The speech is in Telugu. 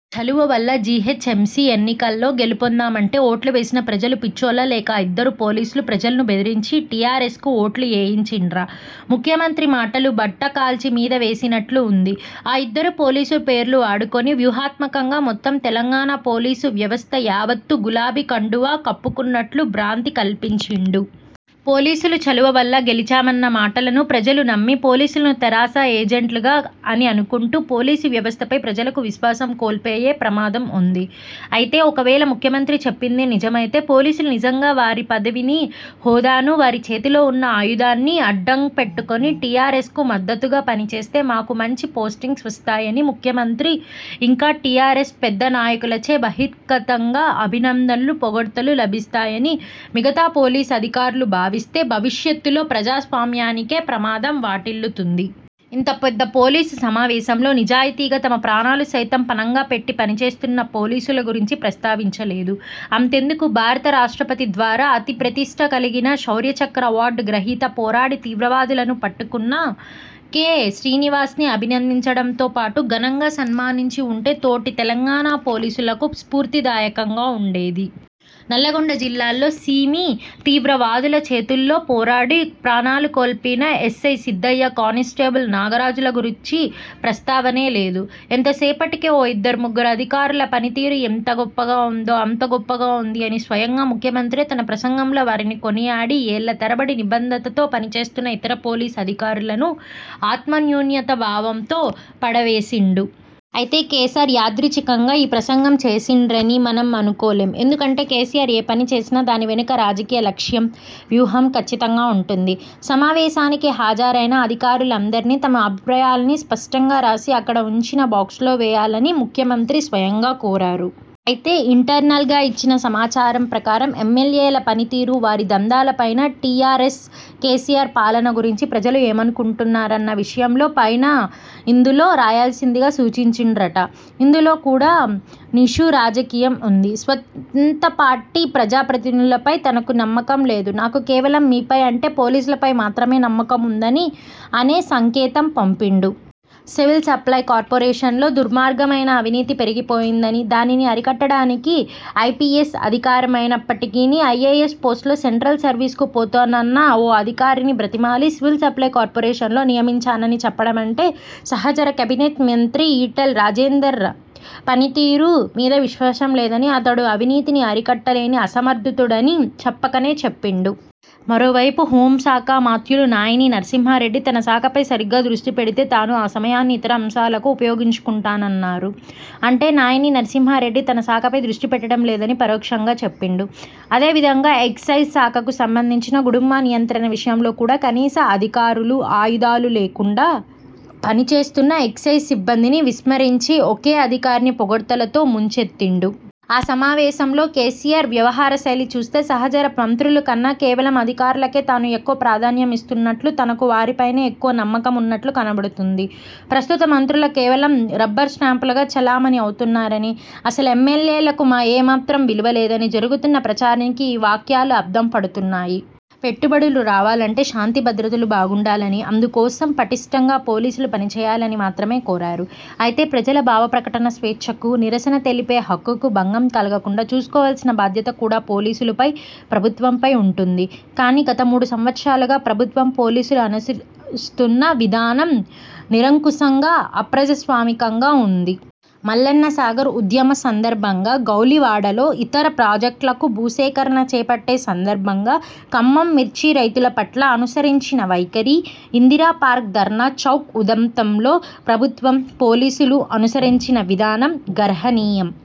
చలువ వల్ల జీహెచ్ఎంసీ ఎన్నికల్లో గెలుపొందామంటే, ఓట్లు వేసిన ప్రజలు పిచ్చోల్లా లేక ఆ ఇద్దరు పోలీసులు ప్రజలను బెదిరించి టీఆర్ఎస్కు ఓట్లు ఏయించిండ్రా? ముఖ్యమంత్రి మాటలు బట్ట కాల్చి మీద వేసినట్లు ఉంది. ఆ ఇద్దరు పోలీసుల పేర్లు వాడుకుని, వ్యూహాత్మకంగా మొత్తం తెలంగాణ పోలీసు వ్యవస్థ యావత్తు గులాబీ కండువా కప్పుకున్నట్లు బ్రాంతి కల్పించిండు. పోలీసుల చలువ వల్ల గెలిచామన్న మాటలను ప్రజలు నమ్మి, పోలీసులను తెరాస ఏజెంట్లు అని అనుకుంటే, పోలీసు వ్యవస్థపై ప్రజలకు విశ్వాసం కోల్పోయే ప్రమాదం ఉంది. అయితే ఒకవేళ ముఖ్యమంత్రి చెప్పిందే నిజమైతే, పోలీసులు నిజంగా వారి పదవిని, హోదాను, వారి చేతిలో ఉన్న ఆయుధాన్ని అడ్డం పెట్టుకుని టీఆర్ఎస్కు మద్దతుగా పనిచేస్తే, మాకు మంచి పోస్టింగ్స్ వస్తాయనీ ముఖ్యమంత్రి, ఇంకా టీఆర్ఎస్ పెద్ద నాయకులచే బహిర్గతంగా అభినందనలు, పొగడ్తలు లభిస్తాయనీ మిగతా పోలీసు అధికారులు భావిస్తే, భవిష్యత్తులో ప్రజాస్వామ్యానికే ప్రమాదం వాటిల్లుతుంది. ఇంత పెద్ద పోలీసు సమావేశంలో, నిజాయితీగా తమ ప్రాణాలు సైతం ఫణంగా పెట్టి పని చేస్తున్న పోలీసుల గురించి ప్రస్తావించలేదు. అంతెందుకు భారత రాష్ట్రపతి ద్వారా అతి ప్రతిష్ట కలిగిన శౌర్య చక్ర అవార్డు గ్రహీత, పోరాడి తీవ్రవాదులను పట్ట్టుకున్న కె. శ్రీనివాస్ని అభినందించడంతో పాటు ఘనంగా సన్మానించి ఉంటె తోటి తెలంగాణ పోలీసులకు స్ఫూర్తి దాయకంగా ఉండేది. నల్లగొండ జిల్లాలో సిమీ తీవ్ర వాదుల చేతుల్లో పోరాడి ప్రాణాలు కోల్పోయిన ఎస్ఐ సిద్దయ్య, కానిస్టేబుల్ నాగరాజుల గూర్చి ప్రస్తావన లేదు. ఎంత సేపటికి, ఓ ఇద్దరు ముగ్గురు అధికారుల పని తీరు ఇంత గొప్పగా ఉంది, అంత గొప్పగా ఉంది అని స్వయంగా ముఖ్యమంత్రే తన ప్రసంగంలో వారిని కొనియాడి, ఏళ్ళ తరబడి నిబద్ధతతో పనిచేస్తున్న ఇతర పోలీసు అధికారులను ఆత్మన్యూనత భావంతో పడవేసిండు. అయితే కేసర్ యాదృచ్ఛికంగా ఈ ప్రసంగం చేసిండ్రని మనం అనుకోలేం. ఎందుకంటే, కేసీఆర్ ఏ పని చేసినా దాని వెనుక రాజకీయ లక్ష్యం, వ్యూహం ఖచ్చితంగా ఉంటుంది. సమావేశానికి హాజరైన అధికారులందరిని తమ అభిప్రాయాలను స్పష్టంగా రాసి అక్కడ ఉంచిన బాక్స్లో వేయాలని ముఖ్యమంత్రి స్వయంగా కోరారు. అయితే ఇంటర్నల్గా ఇచ్చిన సమాచారం ప్రకారం ఎమ్మెల్యేల పనితీరు, వారి దందాలపైనా, టీఆర్ఎస్, కేసీఆర్ పాలన గురించి ప్రజలు ఏమనుకుంటున్నారన్న విషయం పైనాఇందులో రాయాల్సిందిగా సూచించిండ్రట. ఇందులో కూడా నిషూ రాజకీయం ఉంది. స్వంత పార్టీ ప్రజాప్రతినిధులపై తనకు నమ్మకం లేదు, నాకు కేవలం మీపై అంటే పోలీసులపై మాత్రమే నమ్మకం ఉందని అనే సంకేతం పంపిండు. సివిల్ సప్లై కార్పొరేషన్లో దుర్మార్గమైన అవినీతి పెరిగిపోయిందని, దానిని అరికట్టడానికి ఐపీఎస్ అధికారైనప్పటికినీ, ఐఏఎస్ పోస్టులో సెంట్రల్ సర్వీస్కు పోతానన్న ఓ అధికారిని బ్రతిమాలి సివిల్ సప్లై కార్పొరేషన్లో నియమించామని చెప్పడమంటే, సహచర కేబినెట్ మంత్రి ఈటల్ రాజేందర్ పనితీరు మీద విశ్వాసం లేదని, అతడు అవినీతిని అరికట్టలేని అసమర్థుడు అని చెప్పకనే చెప్పిండు. మరోవైపు హోంశాఖా మాత్యులు నాయిని నర్సింహారెడ్డి తన శాఖపై సరిగ్గా దృష్టి పెడితే, తాను ఆ సమయాన్ని ఇతర అంశాలకు ఉపయోగించుకుంటానన్నారు. అంటే నాయిని నర్సింహారెడ్డి తన శాఖపై దృష్టిపెట్టడం లేదని పరోక్షంగా చెప్పిండు. అదే విధంగా, ఎక్సైజ్ శాఖకు సంబంధించి గుడుంబా నియంత్రణ విషయంలో కూడా కనీస అధికారాలు, ఆయుధాలు లేకుండా పనిచేస్తున్న ఎక్సైజ్ సిబ్బందిని విస్మరించి ఒకే అధికారిని పొగడ్తలతో ముంచెత్తిండు. ఆ సమావేశంలో కేసీఆర్ వ్యవహార శైలి చూస్తే, సహచర మంత్రుల కన్న, కేవలం అధికారులకే తాను ఎక్కువ ప్రాధాన్యం ఇస్తున్నట్లు, తనకు వారిపైనే ఎక్కువ నమ్మకం ఉన్నట్లు కనబడుతుంది. ప్రస్తుత మంత్రులు కేవలం రబ్బర్ స్టాంపులుగా చలామణి అవుతున్నారని, అసలు ఎమ్మెల్యేలకు ఏమాత్రం విలువలేదని జరుగుతున్న ప్రచానికి ఈ వ్యాఖ్యలు అద్దం పడుతున్నాయి. పెట్టుబడులు రావాలంటే శాంతిభధ్రతలు బాగుండాలని, అందుకోసం పటిష్ఠంగా పోలీసులు పనిచేయాలని మాత్రమే కోరారు. అయితే ప్రజల భావప్రకటన స్వేచ్ఛకు, నిరసన తెలిపే హక్కుకు భంగం కలగకుండా చూసుకోవాల్సిన భాధ్యత కూడా పోలీసులుపై, ప్రభుత్వంపై ఉంటుంది. కానీ గత మూడు సంవత్సరాలుగా ప్రభుత్వం, పోలీసుల అనుసరిస్తున్న విధానం నిరంకుశంగా, అప్రజాస్వామికంగా ఉంది. మల్లన్నసాగర్ ఉద్యమ సందర్భంగా, గౌలివాడలో, ఇతర ప్రాజెక్టులకు భూసేకరణ చేపట్టే సందర్భంగా, ఖమ్మం మిర్చి రైతుల పట్ల అనుసరించిన వైఖరి, ఇందిరా పార్క్ ధర్నా చౌక్ ఉదంతంలో ప్రభుత్వం, పోలీసులు అనుసరించిన విధానం గర్హనీయం.